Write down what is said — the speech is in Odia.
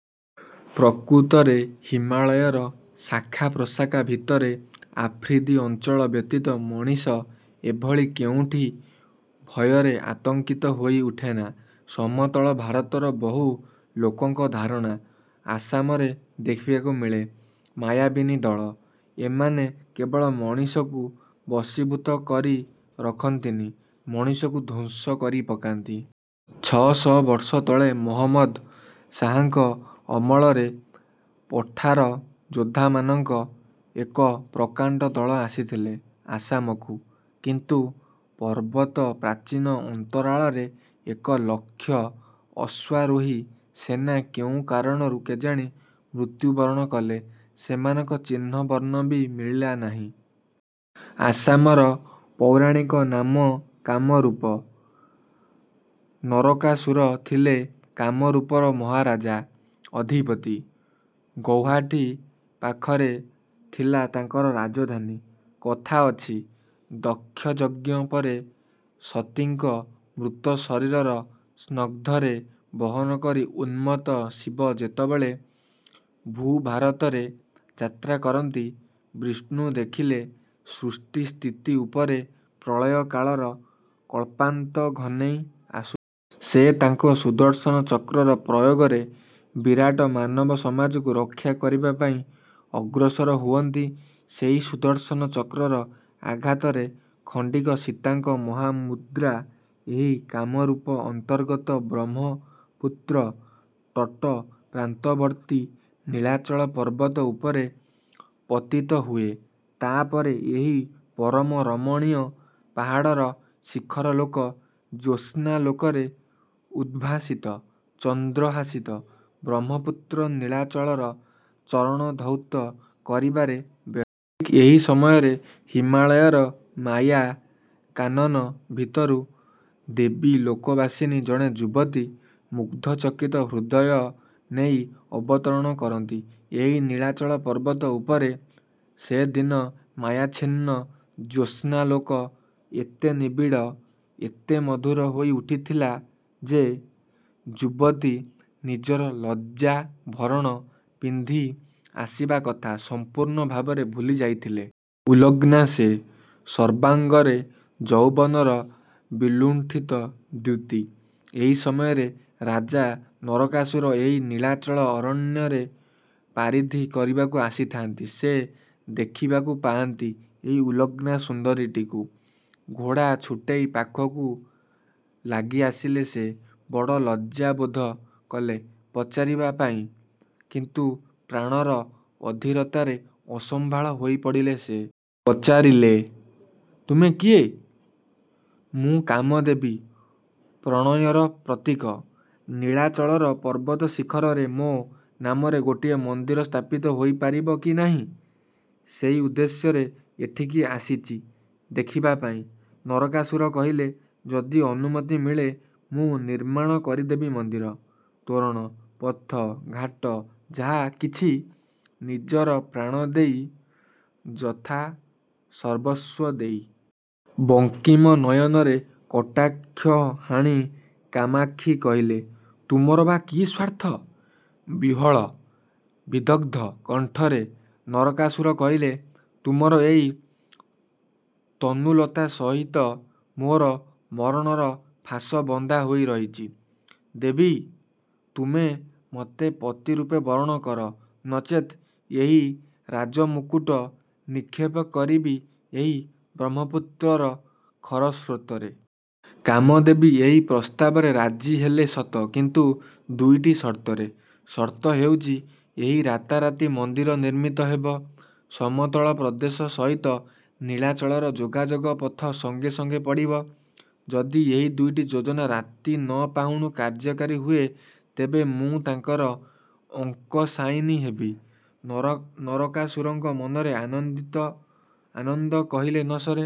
ପ୍ରକୃତରେ ହିମାଳୟର ଶାଖାପ୍ରଶାଖା ଭିତରେ ଆଫ୍ରିଦୀ ଅଞ୍ଚଳ ବ୍ୟତୀତ ମଣିଷ ଏଭଳି କେଉଁଠି ଭୟରେ ଆତଙ୍କିତ ହୋଇ ଉଠେନା। ସମତଳ ଭାରତର ବହୁ ଲୋକଙ୍କ ଧାରଣା, ଆସାମରେ ଦେଖିବାକୁ ମିଳେ ମାୟାବିନୀ ଦଳ। ଏମାନେ କେବଳ ମଣିଷକୁ ବଶୀଭୂତ କରି ରଖନ୍ତିନି, ମଣିଷକୁ ଧ୍ୱସ କରିପକାନ୍ତି। ଛଅ ଶହ ବର୍ଷ ତଳେ ମହମ୍ମଦ ସାହାଙ୍କ ଅମଳରେ ପଠାର ଯୋଦ୍ଧାମାନଙ୍କ ଏକ ପ୍ରକାଣ୍ଡ ଦଳ ଆସିଥିଲେ ଆସାମକୁ, କିନ୍ତୁ ପର୍ବତ ପ୍ରାଚୀନ ଅନ୍ତରାଳରେ ଏକ ଲକ୍ଷ ଅଶ୍ୱାରୋହୀ ସେନା କେଉଁ କାରଣରୁ କେଜାଣି ମୃତ୍ୟୁ ବରଣ କଲେ, ସେମାନଙ୍କ ଚିହ୍ନ ବର୍ଣ୍ଣ ବି ମିଳିଲା ନାହିଁ। ଆସାମର ପୌରାଣିକ ନାମ କାମରୂପ। ନରକାସୁର ଥିଲେ କାମରୂପର ମହାରାଜା, ଅଧିପତି। ଗୌହାଟୀ ପାଖରେ ଥିଲା ତାଙ୍କର ରାଜଧାନୀ। କଥା ଅଛି, ଦକ୍ଷଯଜ୍ଞ ପରେ ସତୀଙ୍କ ମୃତଶରୀରର ସ୍ନଗ୍ଧ ରେ ବହନକରି ଉନ୍ମତ୍ତ ଶିବ ଯେତେବେଳେ ଭୂଭାରତରେ ଯାତ୍ରା କରନ୍ତି, ବିଷ୍ଣୁ ଦେଖିଲେ ସୃଷ୍ଟି ସ୍ଥିତି ଉପରେ ପ୍ରଳୟ କାଳର କଳ୍ପାନ୍ତ ଘନେଇ ଆସୁ। ସେ ତାଙ୍କ ସୁଦର୍ଶନ ଚକ୍ରର ପ୍ରୟୋଗରେ ବିରାଟ ମାନବସମାଜକୁ ରକ୍ଷାକରିବା ପାଇଁ ଅଗ୍ରସର ହୁଅନ୍ତି। ସେହି ସୁଦର୍ଶନ ଚକ୍ରର ଆଘାତରେ ଖଣ୍ଡିକ ସତୀଙ୍କ ମହାମୁଦ୍ରା ଏହି କାମରୂପ ଅନ୍ତର୍ଗତ ବ୍ରହ୍ମପୁତ୍ର ତଟପ୍ରାନ୍ତବର୍ତ୍ତୀ ନୀଳାଚଳ ପର୍ବତ ଉପରେ ପତିତ ହୁଏ। ତା ପରେ ଏହି ପରମ ରମଣୀୟ ପାହାଡ଼ର ଶିଖରଲୋକ ଜ୍ୟୋସ୍ନାଲୋକରେ ଉଦ୍ଭାସିତ, ଚନ୍ଦ୍ରହାସିତ ବ୍ରହ୍ମପୁତ୍ର ନୀଳାଚଳର ଚରଣ ଧୌତ କରିବାରେ ବ୍ୟ। ଏହି ସମୟରେ ହିମାଳୟର ମାୟା କାନନ ଭିତରୁ ଦେବୀଲୋକବାସିନୀ ଜଣେ ଯୁବତୀ ମୁଗ୍ଧଚକିତ ହୃଦୟ ନେଇ ଅବତରଣ କରନ୍ତି ଏହି ନୀଳାଚଳ ପର୍ବତ ଉପରେ। ସେଦିନ ମାୟାଚ୍ଛିନ୍ନ ଜ୍ୟୋସ୍ନାଲୋକ ଏତେ ନିବିଡ଼, ଏତେ ମଧୁର ହୋଇ ଉଠିଥିଲା ଯେ,। ଯୁବତୀ ନିଜର ଲଜ୍ଜାଭରଣ ପିନ୍ଧି ଆସିବାକଥା ସମ୍ପୂର୍ଣ୍ଣ ଭାବରେ ଭୁଲି ଯାଇଥିଲେ। ଉଲଗ୍ନା ସେ। ସର୍ବାଙ୍ଗରେ ଯୌବନର ବିଲୁଣ୍ଠିତ ଦ୍ୟୁତି। ଏହି ସମୟରେ ରାଜା ନରକାସୁର ଏହି ନୀଳାଚଳ ଅରଣ୍ୟରେ ପାରିଧି କରିବାକୁ ଆସିଥାଆନ୍ତି। ସେ ଦେଖିବାକୁ ପାଆନ୍ତି ଏହି ଉଲଗ୍ନା ସୁନ୍ଦରୀଟିକୁ। ଘୋଡ଼ା ଛୁଟେଇ ପାଖକୁ ଲାଗିଆସିଲେ ସେ। ବଡ଼ ଲଜ୍ଜାବୋଧ କଲେ ପଚାରିବା ପାଇଁ; କିନ୍ତୁ ପ୍ରାଣର ଅଧୀରତାରେ ଅସମ୍ଭାଳ ହୋଇପଡ଼ିଲେ ସେ। ପଚାରିଲେ–ତୁମେ କିଏ? –ମୁଁ କାମଦେବୀ, ପ୍ରଣୟର ପ୍ରତୀକ। ନୀଳାଚଳର ପର୍ବତଶିଖରରେ ମୋ ନାମରେ ଗୋଟିଏ ମନ୍ଦିର ସ୍ଥାପିତ ହୋଇପାରିବ କି ନାହିଁ, ସେଇ ଉଦ୍ଦେଶ୍ୟରେ ଏଠିକି ଆସିଚି ଦେଖିବା ପାଇଁ। ନରକାସୁର କହିଲେ, ଯଦି ଅନୁମତି ମିଳେ, ମୁଁ ନିର୍ମାଣ କରିଦେବି ମନ୍ଦିର, ତୋରଣ, ପଥ, ଘାଟ ଯାହା କିଛି–ନିଜର ପ୍ରାଣ ଦେଇ, ଯଥାସର୍ବସ୍ୱ ଦେଇ। ବଙ୍କିମ ନୟନରେ କଟାକ୍ଷ ହାଣି କାମାକ୍ଷୀ କହିଲେ, ତୁମର ବା କି ସ୍ୱାର୍ଥ? ବିହ୍ୱଳ, ବିଦଗ୍ଧ କଣ୍ଠରେ ନରକାସୁର କହିଲେ, ତୁମର ଏହି ତନୁଲତା ସହିତ ମୋର ମରଣର ଫାଶ ବନ୍ଧା ହୋଇ ରହିଛି। ଦେବି! ତୁମେ ମତେ ପତି ରୂପେ ବରଣ କର, ନଚେତ୍ ଏହି ରାଜମୁକୁଟ ନିକ୍ଷେପ କରିବି ଏହି ବ୍ରହ୍ମପୁତ୍ରର ଖରସ୍ରୋତରେ। କାମଦେବୀ ଏହି ପ୍ରସ୍ତାବରେ ରାଜି ହେଲେ ସତ, କିନ୍ତୁ ଦୁଇଟି ସର୍ତ୍ତରେ। ସର୍ତ୍ତ ହେଉଛି, ଏହି ରାତାରାତି ମନ୍ଦିର ନିର୍ମିତ ହେବ, ସମତଳ ପ୍ରଦେଶ ସହିତ ନୀଳାଚଳର ଯୋଗାଯୋଗ ପଥ ସଙ୍ଗେ ସଙ୍ଗେ ପଡ଼ିବ। ଯଦି ଏହି ଦୁଇଟି ଯୋଜନା ରାତି ନ ପାହୁଣୁ କାର୍ଯ୍ୟକାରୀ ହୁଏ, ତେବେ ମୁଁ ତାଙ୍କର ଅଙ୍କଶାୟିନୀ ହେବି। ନର ନରକାସୁରଙ୍କ ମନରେ ଆନନ୍ଦିତ ଆନନ୍ଦ କହିଲେ ନ ସରେ।